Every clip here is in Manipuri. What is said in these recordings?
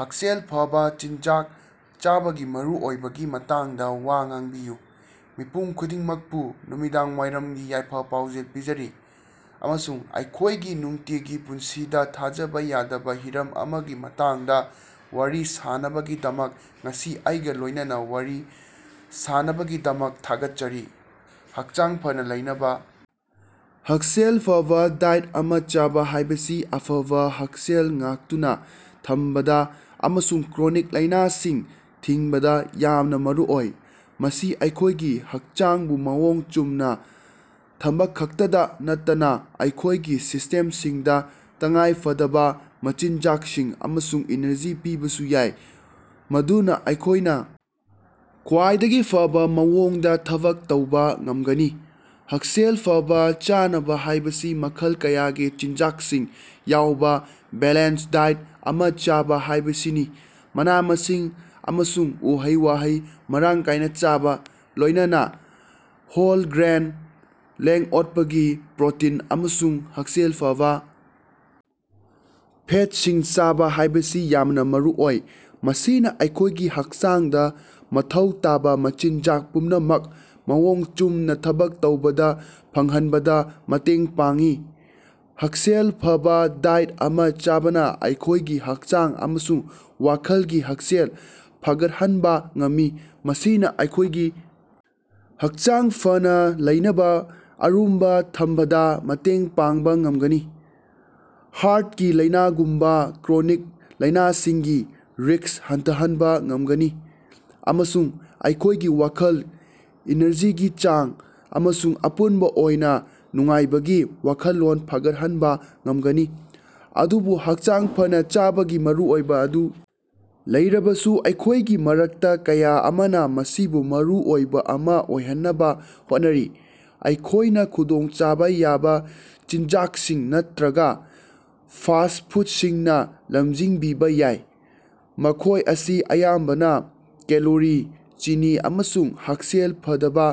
ꯍꯛꯁꯦꯜ ꯐꯕꯥ ꯆꯤꯟꯖꯥꯛ ꯆꯥꯕꯒꯤ ꯃꯔꯨꯑꯣꯏꯕꯒꯤ ꯃꯇꯥꯡꯗꯥ ꯋꯥ ꯉꯥꯡꯕꯤꯌꯨ꯫ ꯃꯤꯄꯨꯝ ꯈꯨꯗꯤꯡꯃꯛꯄꯨ ꯅꯨꯃꯤꯗꯥꯡꯋꯥꯏꯔꯝꯒꯤ ꯌꯥꯏꯐ-ꯄꯥꯎꯖꯦꯜ ꯄꯤꯖꯔꯤ, ꯑꯃꯁꯨꯡ ꯑꯩꯈꯣꯏꯒꯤ ꯅꯨꯡꯇꯤꯒꯤ ꯄꯨꯟꯁꯤꯗꯥ ꯊꯥꯖꯕꯥ ꯌꯥꯗꯕꯥ ꯍꯤꯔꯝ ꯑꯃꯒꯤ ꯃꯇꯥꯡꯗꯥ ꯋꯥꯔꯤ ꯁꯥꯟꯅꯕꯒꯤꯗꯃꯛ ꯉꯁꯤ ꯑꯩꯒꯥ ꯂꯣꯏꯅꯅ ꯋꯥꯔꯤ ꯁꯥꯟꯅꯕꯒꯤꯗꯃꯛ ꯊꯥꯒꯠꯆꯔꯤ: ꯍꯛꯆꯥꯡ ꯐꯅꯥ ꯂꯩꯅꯕꯥ꯫ ꯍꯛꯁꯦꯜ ꯐꯕꯥ ꯗꯥꯏꯠ ꯑꯃ ꯆꯥꯕ ꯍꯥꯏꯕꯁꯤ ꯑꯐꯕꯥ ꯍꯛꯁꯦꯜ ꯉꯥꯛꯇꯨꯅꯥ ꯊꯝꯕꯗꯥ ꯑꯃꯁꯨꯡ ꯀ꯭ꯔꯣꯅꯤꯛ ꯂꯥꯏꯅꯥꯁꯤꯡ ꯊꯤꯡꯕꯗꯥ ꯌꯥꯝꯅꯥ ꯃꯔꯨꯑꯣꯏ꯫ ꯃꯁꯤ ꯑꯩꯈꯣꯏꯒꯤ ꯍꯛꯆꯥꯡꯕꯨ ꯃꯑꯣꯡ ꯆꯨꯝꯅꯥ ꯊꯝꯕꯈꯛꯇꯗꯥ ꯅꯠꯇꯅꯥ ꯑꯩꯈꯣꯏꯒꯤ ꯁꯤꯁꯇꯦꯝꯁꯤꯡꯗꯥ ꯇꯉꯥꯏꯐꯗꯕꯥ ꯃꯆꯤꯟꯖꯥꯛꯁꯤꯡ ꯑꯃꯁꯨꯡ ꯏꯅꯔꯖꯤ ꯄꯤꯕꯁꯨ ꯌꯥꯏ, ꯃꯗꯨꯅꯥ ꯑꯩꯈꯣꯏꯅ ꯈ꯭ꯋꯥꯏꯗꯒꯤ ꯐꯕꯥ ꯃꯑꯣꯡꯗꯥ ꯊꯕꯛ ꯇꯧꯕꯥ ꯉꯝꯒꯅꯤ꯫ ꯍꯛꯁꯦꯜ ꯐꯕꯥ ꯆꯥꯅꯕ ꯍꯥꯏꯕꯁꯤ ꯃꯈꯜ ꯀꯌꯥꯒꯤ ꯆꯤꯟꯖꯥꯛꯁꯤꯡ ꯌꯥꯎꯕꯥ ꯕꯦꯂꯦꯟꯁ ꯗꯥꯏꯠ ꯑꯃ ꯆꯥꯕ ꯍꯥꯏꯕꯁꯤꯅꯤ꯫ ꯃꯅꯥ-ꯃꯁꯤꯡ ꯑꯃꯁꯨꯡ ꯎꯍꯩ-ꯋꯥꯍꯩ ꯃꯔꯥꯡ ꯀꯥꯏꯅ ꯆꯥꯕ, ꯂꯣꯏꯅꯅ ꯍꯣꯜ ꯒ꯭ꯔꯦꯟ, ꯂꯦꯡ-ꯑꯣꯠꯄꯒꯤ ꯄ꯭ꯔꯣꯇꯤꯟ ꯑꯃꯁꯨꯡ ꯍꯛꯁꯦꯜ ꯐꯕꯥ ꯐꯦꯠꯁꯤꯡ ꯆꯥꯕ ꯍꯥꯏꯕꯁꯤ ꯌꯥꯝꯅ ꯃꯔꯨꯑꯣꯏ꯫ ꯃꯁꯤꯅꯥ ꯑꯩꯈꯣꯏꯒꯤ ꯍꯛꯆꯥꯡꯗꯥ ꯃꯊꯧ ꯇꯥꯕ ꯃꯆꯤꯟꯖꯥꯛ ꯄꯨꯝꯅꯃꯛ ꯃꯑꯣꯡ ꯆꯨꯝꯅꯥ ꯊꯕꯛ ꯇꯧꯕꯗꯥ ꯐꯪꯍꯟꯕꯗ ꯃꯇꯦꯡ ꯄꯥꯡꯏ꯫ ꯍꯛꯁꯦꯜ ꯐꯕꯥ ꯗꯥꯏꯠ ꯑꯃ ꯆꯥꯕꯅ ꯑꯩꯈꯣꯏꯒꯤ ꯍꯛꯆꯥꯡ ꯑꯃꯁꯨꯡ ꯋꯥꯈꯜꯒꯤ ꯍꯛꯁꯦꯜ ꯐꯒꯠꯍꯟꯕꯥ ꯉꯝꯃꯤ꯫ ꯃꯁꯤꯅꯥ ꯑꯩꯈꯣꯏꯒꯤ ꯍꯛꯆꯥꯡ ꯐꯅꯥ ꯂꯩꯅꯕꯥ ꯑꯔꯨꯝꯕꯥ ꯊꯝꯕꯗꯥ ꯃꯇꯦꯡ ꯄꯥꯡꯕꯥ ꯉꯝꯒꯅꯤ, ꯍꯥꯔꯠꯀꯤ ꯂꯥꯏꯅꯥꯒꯨꯝꯕꯥ ꯀ꯭ꯔꯣꯅꯤꯛ ꯂꯥꯏꯅꯥꯁꯤꯡꯒꯤ ꯔꯤꯛꯁ ꯍꯟꯊꯍꯟꯕꯥ ꯉꯝꯒꯅꯤ, ꯑꯃꯁꯨꯡ ꯑꯩꯈꯣꯏꯒꯤ ꯋꯥꯈꯜ, ꯏꯅꯔꯖꯤꯒꯤ ꯆꯥꯡ, ꯑꯃꯁꯨꯡ ꯑꯄꯨꯟꯕ ꯑꯣꯏꯅꯥ ꯅꯨꯡꯉꯥꯏꯕꯒꯤ ꯋꯥꯈꯜꯂꯣꯟ ꯐꯒꯠꯍꯟꯕꯥ ꯉꯝꯒꯅꯤ꯫ ꯑꯗꯨꯕꯨ ꯍꯛꯆꯥꯡ ꯐꯅꯥ ꯆꯥꯕꯒꯤ ꯃꯔꯨꯑꯣꯏꯕ ꯑꯗꯨ ꯂꯩꯔꯕꯁꯨ ꯑꯩꯈꯣꯏꯒꯤ ꯃꯔꯛꯇ ꯀꯌꯥ ꯑꯃꯅ ꯃꯁꯤꯕꯨ ꯃꯔꯨ ꯑꯣꯏꯕ ꯑꯃ ꯑꯣꯏꯍꯟꯅꯕ ꯍꯣꯠꯅꯔꯤ꯫ ꯑꯩꯈꯣꯏꯅ ꯈꯨꯗꯣꯡꯆꯥꯕꯥ ꯌꯥꯕ ꯆꯤꯟꯖꯥꯛꯁꯤꯡ ꯅꯠꯇ꯭ꯔꯒꯥ ꯐꯥꯁꯠ ꯐꯨꯠꯁꯤꯡꯅꯥ ꯂꯝꯖꯤꯡꯕꯤꯕꯥ ꯌꯥꯏ, ꯃꯈꯣꯏ ꯑꯁꯤ ꯑꯌꯥꯝꯕꯅ ꯀꯦꯂꯣꯔꯤ, ꯆꯤꯅꯤ ꯑꯃꯁꯨꯡ ꯍꯛꯁꯦꯜ ꯐꯗꯕꯥ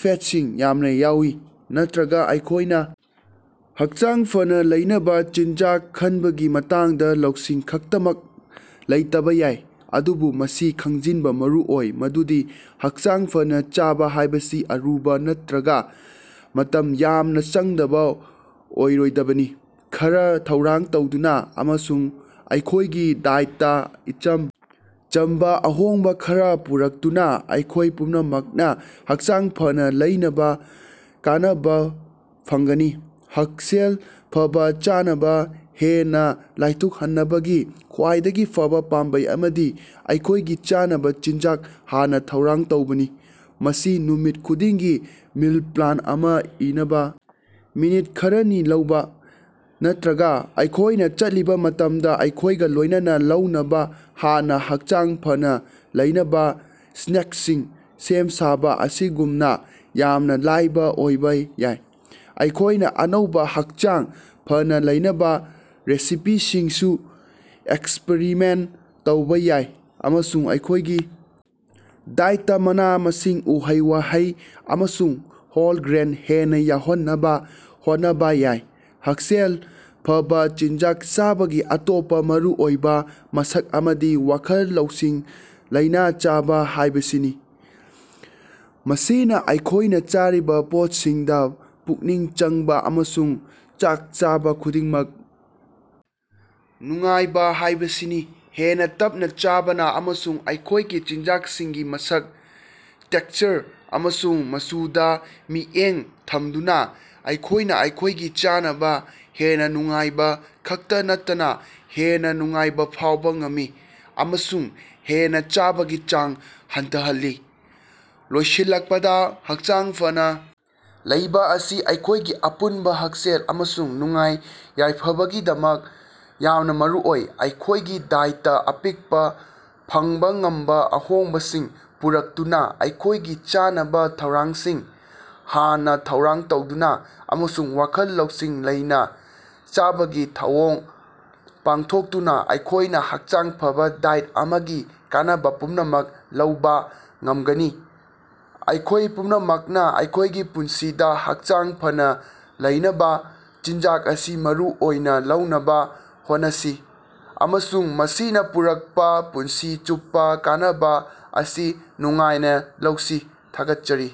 ꯐꯦꯠꯁꯤꯡ ꯌꯥꯝꯅ ꯌꯥꯎꯏ꯫ ꯅꯠꯇꯔꯒꯥ ꯑꯩꯈꯣꯏꯅ ꯍꯛꯆꯥꯡ ꯐꯅꯥ ꯂꯩꯅꯕꯥ ꯆꯤꯟꯖꯥꯛ ꯈꯟꯕꯒꯤ ꯃꯇꯥꯡꯗ ꯂꯧꯁꯤꯡ ꯈꯛꯇꯃꯛ ꯂꯩꯇꯕꯥ ꯌꯥꯏ꯫ ꯑꯗꯨꯕꯨ ꯃꯁꯤ ꯈꯪꯖꯤꯟꯕꯥ ꯃꯔꯨ ꯑꯣꯏ ꯃꯗꯨꯗꯤ ꯍꯛꯆꯥꯡ ꯐꯅꯥ ꯆꯥꯕꯥ ꯍꯥꯏꯕꯁꯤ ꯑꯔꯨꯕꯥ ꯅꯠꯇ꯭ꯔꯒꯥ ꯃꯇꯝ ꯌꯥꯝꯅ ꯆꯪꯗꯕ ꯑꯣꯏꯔꯣꯏꯗꯕꯅꯤ꯫ ꯈꯔ ꯊꯧꯔꯥꯡ ꯇꯧꯗꯨꯅꯥ ꯑꯃꯁꯨꯡ ꯑꯩꯈꯣꯏꯒꯤ ꯗꯥꯏꯠꯇꯥ ꯏꯆꯝ ꯆꯝꯕꯥ ꯑꯍꯣꯡꯕꯥ ꯈꯔ ꯄꯨꯔꯛꯇꯨꯅꯥ ꯑꯩꯈꯣꯏ ꯄꯨꯝꯅꯃꯛꯅ ꯍꯛꯆꯥꯡ ꯐꯅꯥ ꯂꯩꯅꯕꯥ ꯀꯥꯟꯅꯕ ꯐꯪꯒꯅꯤ꯫ ꯍꯛꯁꯦꯜ ꯐꯕꯥ ꯆꯥꯅꯕ ꯍꯦꯟꯅꯥ ꯂꯥꯏꯊꯣꯛꯍꯟꯅꯕꯒꯤ ꯈ꯭ꯋꯥꯏꯗꯒꯤ ꯐꯕꯥ ꯄꯥꯝꯕꯩ ꯑꯃꯗꯤ ꯑꯩꯈꯣꯏꯒꯤ ꯆꯥꯅꯕꯥ ꯆꯤꯟꯖꯥꯛ ꯍꯥꯟꯅ ꯊꯧꯔꯥꯡ ꯇꯧꯕꯅꯤ꯫ ꯃꯁꯤ ꯅꯨꯃꯤꯠ ꯈꯨꯗꯤꯡꯒꯤ ꯃꯤꯜ ꯄ꯭ꯂꯥꯟ ꯑꯃ ꯏꯅꯕꯥ ꯃꯤꯅꯤꯠ ꯈꯔꯅꯤ ꯂꯧꯕꯥ, ꯅꯠꯇ꯭ꯔꯒꯥ ꯑꯩꯈꯣꯏꯅ ꯆꯠꯂꯤꯕ ꯃꯇꯝꯗ ꯑꯩꯈꯣꯏꯒ ꯂꯣꯏꯅꯅ ꯂꯧꯅꯕꯥ ꯍꯥꯟꯅꯥ ꯍꯛꯆꯥꯡ ꯐꯅꯥ ꯂꯩꯅꯕꯥ ꯁ꯭ꯅꯦꯛꯁꯤꯡ ꯁꯦꯝ ꯁꯥꯕꯥ ꯑꯁꯤꯒꯨꯝꯅꯥ ꯌꯥꯝꯅꯥ ꯂꯥꯏꯕꯥ ꯑꯣꯏꯕꯥ ꯌꯥꯏ꯫ ꯑꯩꯈꯣꯏꯅ ꯑꯅꯧꯕꯥ, ꯍꯛꯆꯥꯡ ꯐꯅꯥ ꯂꯩꯅꯕꯥ ꯔꯦꯁꯤꯄꯤꯁꯤꯡꯁꯨ ꯑꯦꯛꯁꯄꯔꯤꯃꯦꯟ ꯇꯧꯕꯥ ꯌꯥꯏ ꯑꯃꯁꯨꯡ ꯑꯩꯈꯣꯏꯒꯤ ꯗꯥꯏꯠꯇꯥ ꯃꯅꯥ-ꯃꯁꯤꯡ, ꯎꯍꯩ-ꯋꯥꯍꯩ ꯑꯃꯁꯨꯡ ꯍꯣꯜ ꯒ꯭ꯔꯦꯟ ꯍꯦꯟꯅꯥ ꯌꯥꯎꯍꯟꯅꯕꯥ ꯍꯣꯠꯅꯕꯥ ꯌꯥꯏ꯫ ꯍꯛꯁꯦꯜ ꯐꯕꯥ ꯆꯤꯟꯖꯥꯛ ꯆꯥꯕꯒꯤ ꯑꯇꯣꯞꯄꯥ ꯃꯔꯨꯑꯣꯏꯕꯥ ꯃꯁꯛ ꯑꯃꯗꯤ ꯋꯥꯈꯜ ꯂꯧꯁꯤꯡ ꯂꯩꯅꯥ ꯆꯥꯕ ꯍꯥꯏꯕꯁꯤꯅꯤ꯫ ꯃꯁꯤꯅꯥ ꯑꯩꯈꯣꯏꯅ ꯆꯥꯔꯤꯕꯥ ꯄꯣꯠꯁꯤꯡꯗꯥ ꯄꯨꯛꯅꯤꯡ ꯆꯪꯕꯥ, ꯑꯃꯁꯨꯡ ꯆꯥꯛ ꯆꯥꯕꯥ ꯈꯨꯗꯤꯡꯃꯛ ꯅꯨꯡꯉꯥꯏꯕꯥ ꯍꯥꯏꯕꯁꯤꯅꯤ꯫ ꯍꯦꯟꯅꯥ ꯇꯞꯅꯥ ꯆꯥꯕꯅꯥ, ꯑꯃꯁꯨꯡ ꯑꯩꯈꯣꯏꯒꯤ ꯆꯤꯟꯖꯥꯛꯁꯤꯡꯒꯤ ꯃꯁꯛ, ꯇꯦꯛꯆꯔ ꯑꯃꯁꯨꯡ ꯃꯆꯨꯗꯥ ꯃꯤꯠꯌꯦꯡ ꯊꯝꯗꯨꯅꯥ ꯑꯩꯈꯣꯏꯅ ꯑꯩꯈꯣꯏꯒꯤ ꯆꯥꯅꯕꯥ ꯍꯦꯟꯅꯥ ꯅꯨꯡꯉꯥꯏꯕꯥ ꯈꯛꯇꯥ ꯅꯠꯇꯅꯥ ꯍꯦꯟꯅꯥ ꯅꯨꯡꯉꯥꯏꯕꯥ ꯐꯥꯎꯕ ꯉꯝꯃꯤ ꯑꯃꯁꯨꯡ ꯍꯦꯟꯅꯥ ꯆꯥꯕꯒꯤ ꯆꯥꯡ ꯍꯟꯊꯍꯜꯂꯤ꯫ ꯂꯣꯏꯁꯤꯜꯂꯛꯄꯗꯥ, ꯍꯛꯆꯥꯡ ꯐꯅꯥ ꯂꯩꯕꯥ ꯑꯁꯤ ꯑꯩꯈꯣꯏꯒꯤ ꯑꯄꯨꯟꯕꯥ ꯍꯛꯁꯦꯜ ꯑꯃꯁꯨꯡ ꯅꯨꯡꯉꯥꯏ-ꯌꯥꯏꯐꯕꯒꯤꯗꯃꯛ ꯌꯥꯝꯅꯥ ꯃꯔꯨꯑꯣꯏ꯫ ꯑꯩꯈꯣꯏꯒꯤ ꯗꯥꯏꯠꯇꯥ ꯑꯄꯤꯛꯄꯥ, ꯐꯪꯕꯥ ꯉꯝꯕꯥ ꯑꯍꯣꯡꯕꯁꯤꯡ ꯄꯨꯔꯛꯇꯨꯅꯥ, ꯑꯩꯈꯣꯏꯒꯤ ꯆꯥꯅꯕꯥ ꯊꯧꯔꯥꯡꯁꯤꯡ ꯍꯥꯟꯅꯥ ꯊꯧꯔꯥꯡ ꯇꯧꯗꯨꯅꯥ, ꯑꯃꯁꯨꯡ ꯋꯥꯈꯜ ꯂꯧꯁꯤꯡ ꯂꯩꯅꯥ ꯆꯥꯕꯒꯤ ꯊꯧꯑꯣꯡ ꯄꯥꯡꯊꯣꯛꯇꯨꯅꯥ ꯑꯩꯈꯣꯏꯅ ꯍꯛꯆꯥꯡ ꯐꯕꯥ ꯗꯥꯏꯠ ꯑꯃꯒꯤ ꯀꯥꯟꯅꯕꯥ ꯄꯨꯝꯅꯃꯛ ꯂꯧꯕꯥ ꯉꯝꯒꯅꯤ꯫ ꯑꯩꯈꯣꯏ ꯄꯨꯝꯅꯃꯛꯅꯥ ꯑꯩꯈꯣꯏꯒꯤ ꯄꯨꯟꯁꯤꯗꯥ ꯍꯛꯆꯥꯡ ꯐꯅꯥ ꯂꯩꯅꯕꯥ ꯆꯤꯟꯖꯥꯛ ꯑꯁꯤ ꯃꯔꯨ ꯑꯣꯏꯅꯥ ꯂꯧꯅꯕꯥ ꯍꯣꯠꯅꯁꯤ, ꯑꯃꯁꯨꯡ ꯃꯁꯤꯅꯥ ꯄꯨꯔꯛꯄꯥ ꯄꯨꯟꯁꯤ ꯆꯨꯞꯄꯥ ꯀꯥꯟꯅꯕꯥ ꯑꯁꯤ ꯅꯨꯡꯉꯥꯏꯅꯥ ꯂꯧꯁꯤ꯫ ꯊꯥꯒꯠꯆꯔꯤ.